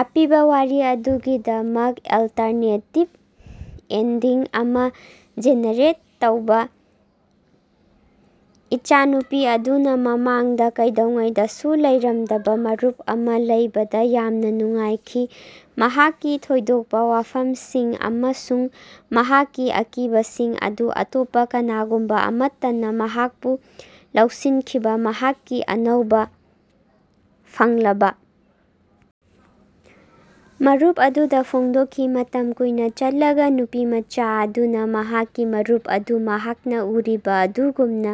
ꯑꯄꯤꯕ ꯋꯥꯔꯤ ꯑꯗꯨꯒꯤꯗꯃꯛ ꯑꯜꯇꯔꯅꯦꯇꯤꯕ ꯑꯦꯟꯗꯤꯡ ꯑꯃ ꯖꯦꯅꯦꯔꯦꯠ ꯇꯧꯕ꯫ ꯏꯆꯥꯅꯨꯄꯤ ꯑꯗꯨꯅ ꯃꯃꯥꯡꯗ ꯀꯩꯗꯧꯉꯩꯗꯁꯨ ꯂꯩꯔꯝꯗꯕ ꯃꯔꯨꯞ ꯑꯃ ꯂꯩꯕꯗ ꯌꯥꯝꯅ ꯅꯨꯡꯉꯥꯏꯈꯤ꯫ ꯃꯍꯥꯛꯀꯤ ꯊꯣꯏꯗꯣꯛꯄ ꯋꯥꯐꯝꯁꯤꯡ ꯑꯃꯁꯨꯡ ꯃꯍꯥꯛꯀꯤ ꯑꯀꯤꯕꯁꯤꯡ ꯑꯗꯨ ꯑꯇꯣꯞꯄ ꯀꯅꯥꯒꯨꯝꯕ ꯑꯃꯠꯇꯅ ꯃꯍꯥꯛꯄꯨ ꯂꯧꯁꯤꯟꯈꯤꯕ ꯃꯍꯥꯛꯀꯤ ꯑꯅꯧꯕ ꯐꯪꯂꯕ ꯃꯔꯨꯞ ꯑꯗꯨꯗ ꯐꯣꯡꯗꯣꯛꯈꯤ꯫ ꯃꯇꯝ ꯀꯨꯏꯅ ꯆꯠꯂꯒ ꯅꯨꯄꯤꯃꯆꯥ ꯑꯗꯨꯅ ꯃꯍꯥꯛꯀꯤ ꯃꯔꯨꯞ ꯑꯗꯨ ꯃꯍꯥꯛꯅ ꯎꯔꯤꯕ ꯑꯗꯨꯒꯨꯝꯅ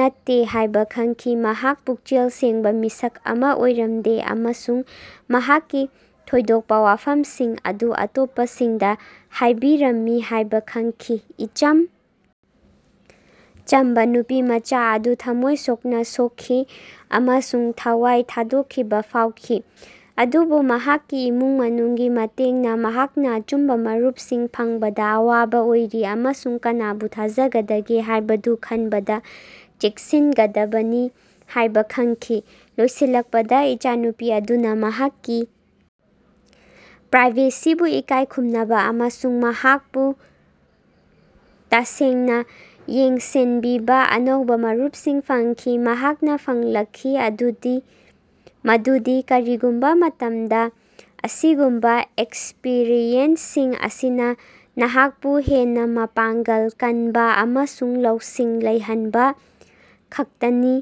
ꯅꯠꯇꯦ ꯍꯥꯏꯕ ꯈꯪꯈꯤ꯫ ꯃꯍꯥꯛ ꯄꯨꯛꯆꯦꯜ ꯁꯦꯡꯕ ꯃꯤꯁꯛ ꯑꯃ ꯑꯣꯏꯔꯝꯗꯦ ꯑꯃꯁꯨꯡ ꯃꯍꯥꯛꯀꯤ ꯊꯣꯏꯗꯣꯛꯄ ꯋꯥꯐꯝꯁꯤꯡ ꯑꯗꯨ ꯑꯇꯣꯞꯄꯁꯤꯡꯗ ꯍꯥꯏꯕꯤꯔꯝꯃꯤ ꯍꯥꯏꯕ ꯈꯪꯈꯤ꯫ ꯏꯆꯝ ꯆꯝꯕ ꯅꯨꯄꯤꯃꯆꯥ ꯑꯗꯨ ꯊꯝꯃꯣꯏ ꯁꯣꯛꯅ ꯁꯣꯛꯈꯤ ꯑꯃꯁꯨꯡ ꯊꯋꯥꯏ ꯊꯥꯗꯣꯛꯈꯤꯕ ꯐꯥꯎꯈꯤ꯫ ꯑꯗꯨꯕꯨ, ꯃꯍꯥꯛꯀꯤ ꯏꯃꯨꯡ ꯃꯅꯨꯡꯒꯤ ꯃꯇꯦꯡꯅ ꯃꯍꯥꯛꯅ ꯑꯆꯨꯝꯕ‌ ꯃꯔꯨꯞꯁꯤꯡ ꯐꯪꯕꯗ ꯑꯋꯥꯕ ꯑꯣꯏꯔꯤ ꯑꯃꯁꯨꯡ ꯀꯅꯥꯕꯨ ꯊꯥꯖꯒꯗꯒꯦ ꯍꯥꯏꯕꯗꯨ ꯈꯟꯕꯗ ꯆꯦꯛꯁꯤꯟꯒꯗꯕꯅꯤ ꯍꯥꯏꯕ ꯈꯪꯈꯤ꯫ ꯂꯣꯏꯁꯤꯜꯂꯛꯄꯗ, ꯏꯆꯥꯅꯨꯄꯤ ꯑꯗꯨꯅ ꯃꯍꯥꯛꯀꯤ ꯄ꯭ꯔꯥꯏꯚꯦꯁꯤꯕꯨ ꯏꯀꯥꯏ ꯈꯨꯝꯅꯕ ꯑꯃꯁꯨꯡ ꯃꯍꯥꯛꯄꯨ ꯇꯁꯦꯡꯅ ꯌꯦꯡꯁꯤꯟꯕꯤꯕ ꯑꯅꯧꯕ ꯃꯔꯨꯞꯁꯤꯡ ꯐꯪꯈꯤ꯫ ꯃꯍꯥꯛꯅ ꯈꯪꯂꯛꯈꯤ ꯃꯗꯨꯗꯤ ꯀꯔꯤꯒꯨꯝꯕ ꯃꯇꯝꯗ, ꯑꯁꯤꯒꯨꯝꯕ ꯑꯦꯛꯁꯄ꯭ꯔꯤꯌꯦꯟꯁꯁꯤꯡ ꯑꯁꯤꯅ ꯅꯍꯥꯛꯄꯨ ꯍꯦꯟꯅ ꯃꯄꯥꯡꯒꯜ ꯀꯟꯕ ꯑꯃꯁꯨꯡ ꯂꯧꯁꯤꯡ ꯂꯩꯍꯟꯕ ꯈꯛꯇꯅꯤ꯫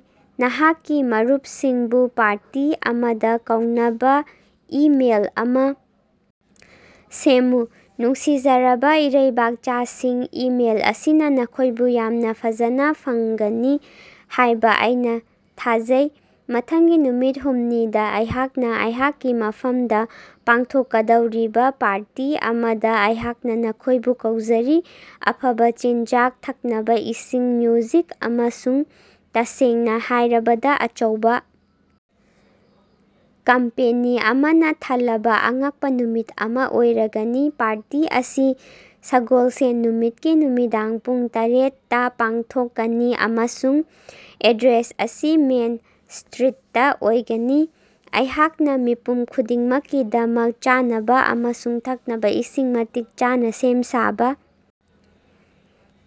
ꯅꯍꯥꯛꯀꯤ ꯃꯔꯨꯞꯁꯤꯡꯕꯨ ꯄꯥꯔꯇꯤ ꯑꯃꯗ‌ ꯀꯧꯅꯕ ꯏꯃꯦꯜ ꯑꯃ ꯁꯦꯝꯃꯨ꯫ ꯅꯨꯡꯁꯤꯖꯔꯕꯥ ꯏꯔꯩꯕꯥꯛꯆꯥꯁꯤꯡ, ꯏꯃꯦꯜ ꯑꯁꯤꯅ ꯅꯈꯣꯏꯕꯨ ꯌꯥꯝꯅ ꯐꯖꯅ ꯐꯪꯒꯅꯤ ꯍꯥꯏꯅ ꯑꯩꯅ ꯊꯥꯖꯩ꯫ ꯃꯊꯪꯒꯤ ꯅꯨꯃꯤꯠ ꯍꯨꯝꯅꯤꯗ ꯑꯩꯍꯥꯛꯅ ꯑꯩꯍꯥꯛꯀꯤ ꯃꯐꯝꯗ ꯄꯥꯡꯊꯣꯛꯀꯗꯧꯔꯤꯕ ꯄꯥꯔꯇꯤ ꯑꯃꯗ ꯑꯩꯍꯥꯛꯅ ꯅꯈꯣꯏꯕꯨ ꯀꯧꯖꯔꯤ꯫ ꯑꯐꯕ‌ ꯆꯤꯟꯖꯥꯛ, ꯊꯛꯅꯕꯥ ꯏꯁꯤꯡ, ꯃ꯭ꯌꯨꯖꯤꯛ, ꯑꯃꯁꯨꯡ ꯇꯁꯦꯡꯅ ꯍꯥꯏꯔꯕꯗ ꯑꯆꯧꯕ ꯀꯝꯄꯦꯅꯤ ꯑꯃꯅ ꯊꯜꯂꯕ ꯑꯉꯛꯄ ꯅꯨꯃꯤꯠ ꯑꯃ ꯑꯣꯏꯔꯒꯅꯤ꯫ ꯄꯥꯔꯇꯤ ꯑꯁꯤ ꯁꯒꯣꯜꯁꯦꯟ ꯅꯨꯃꯤꯠꯀꯤ ꯅꯨꯃꯤꯗꯥꯡ ꯄꯨꯡ ꯇꯔꯦꯠ ꯇꯥ ꯄꯥꯡꯊꯣꯛꯀꯅꯤ, ꯑꯃꯁꯨꯡ ꯑꯦꯗ꯭ꯔꯦꯁ ꯑꯁꯤ ꯃꯦꯟ ꯁ꯭ꯇꯔꯤꯠꯇꯥ ꯑꯣꯏꯒꯅꯤ꯫ ꯑꯩꯍꯥꯛꯅ ꯃꯤꯄꯨꯝ ꯈꯨꯗꯤꯡꯃꯛꯀꯤꯗꯃꯛ ꯆꯥꯅꯕ ꯑꯃꯁꯨꯡ ꯊꯛꯅꯕ ꯏꯁꯤꯡ ꯃꯇꯤꯛ ꯆꯥꯅ ꯁꯦꯝ ꯁꯥꯕ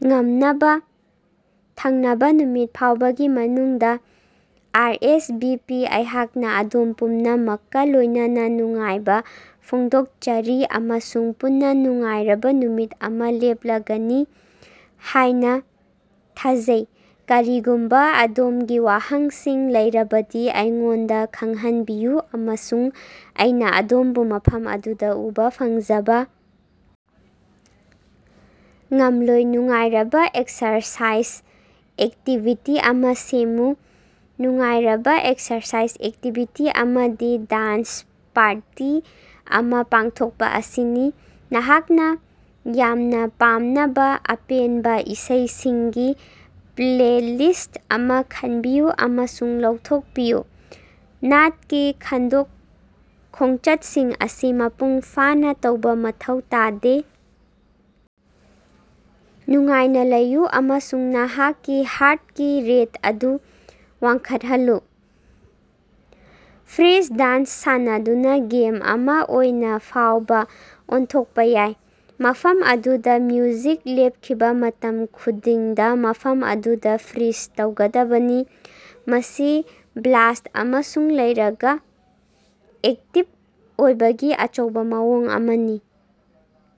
ꯉꯝꯅꯕ ꯊꯪꯅꯕ ꯅꯨꯃꯤꯠ ꯐꯥꯎꯕꯒꯤ ꯃꯅꯨꯡꯗ ,ꯑꯥꯔꯑꯦꯁꯚꯤꯄꯤ ꯑꯩꯍꯥꯛꯅ ꯑꯗꯣꯝ ꯄꯨꯝꯅꯃꯛꯀ ꯂꯣꯏꯅꯅ ꯅꯨꯡꯉꯥꯏꯕ ꯐꯣꯡꯗꯣꯛꯆꯔꯤ ꯑꯃꯁꯨꯡ ꯄꯨꯟꯅ ꯅꯨꯡꯉꯥꯏꯔꯕ ꯅꯨꯃꯤꯠ ꯑꯃ ꯂꯦꯞꯂꯒꯅꯤ ꯍꯥꯏꯅ ꯊꯥꯖꯩ꯫ ꯀꯔꯤꯒꯨꯝꯕ ꯑꯗꯣꯝꯒꯤ ꯋꯥꯍꯪꯁꯤꯡ ꯂꯩꯔꯕꯗꯤ ꯑꯩꯉꯣꯟꯗ ꯈꯪꯍꯟꯕꯤꯌꯨ, ꯑꯃꯁꯨꯡ ꯑꯩꯅ ꯑꯗꯣꯝꯕꯨ ꯃꯐꯝ ꯑꯗꯨꯗ ꯎꯕ ꯐꯪꯖꯕ ꯉꯝꯂꯣꯏ꯫ ꯅꯨꯡꯉꯥꯏꯔꯕ ꯑꯦꯛꯁꯔꯁꯥꯏꯖ ꯑꯦꯛꯇꯤꯚꯤꯇꯤ ꯑꯃ ꯁꯦꯝꯃꯨ꯫ ꯅꯨꯡꯉꯥꯏꯔꯕ ꯑꯦꯛꯁꯔꯁꯥꯏꯖ ꯑꯦꯛꯇꯤꯕꯤꯇꯤ ꯑꯃꯗꯤ ꯗꯥꯟꯁ ꯄꯥꯔꯇꯤ ꯑꯃ ꯄꯥꯡꯊꯣꯛꯄ ꯑꯁꯤꯅꯤ꯫ ꯅꯍꯥꯛꯅ ꯌꯥꯝꯅ ꯄꯥꯝꯅꯕ ꯑꯄꯦꯟꯕ ꯏꯁꯩꯁꯤꯡꯒꯤ ꯄ꯭ꯂꯦꯂꯤꯁ꯭ꯠ ꯑꯃ ꯈꯟꯕꯤꯌꯨ ꯑꯃꯁꯨꯡ ꯂꯧꯊꯣꯛꯄꯤꯌꯨ꯫ ꯅꯥꯠꯀꯤ ꯈꯣꯡꯆꯠꯁꯤꯡ ꯑꯁꯤ ꯃꯄꯨꯡ ꯐꯥꯅ ꯇꯧꯕ ꯃꯊꯧ ꯇꯥꯗꯦ, ꯅꯨꯡꯉꯥꯏꯅ ꯂꯩꯌꯨ ꯑꯃꯁꯨꯡ ꯅꯍꯥꯛꯀꯤ ꯍꯥꯔ꯭ꯠꯀꯤ ꯔꯦꯠ ꯑꯗꯨ ꯋꯥꯡꯈꯠꯍꯜꯂꯨ꯫ ꯐ꯭ꯔꯤꯖ ꯗꯥꯟꯁ ꯁꯥꯟꯅꯗꯨꯅ ꯒꯦꯝ ꯑꯃ ꯑꯣꯏꯅ ꯐꯥꯎꯕ ꯑꯣꯟꯊꯣꯛꯄ ꯌꯥꯏ, ꯃꯐꯝ ꯑꯗꯨꯗ ꯃ꯭ꯌꯨꯖꯤꯛ ꯂꯦꯞꯈꯤꯕ ꯃꯇꯝ ꯈꯨꯗꯤꯡꯗ ꯃꯐꯝ ꯑꯗꯨꯗ ꯐ꯭ꯔꯤꯖ ꯇꯧꯒꯗꯕꯅꯤ꯫ ꯃꯁꯤ ꯕ꯭ꯂꯥꯁ꯭ꯠ ꯑꯃꯁꯨ ꯂꯩꯔꯒ ꯑꯦꯛꯇꯤꯕ ꯑꯣꯏꯕꯒꯤ ꯑꯆꯧꯕ ꯃꯑꯣꯡ ꯑꯃꯅꯤ꯫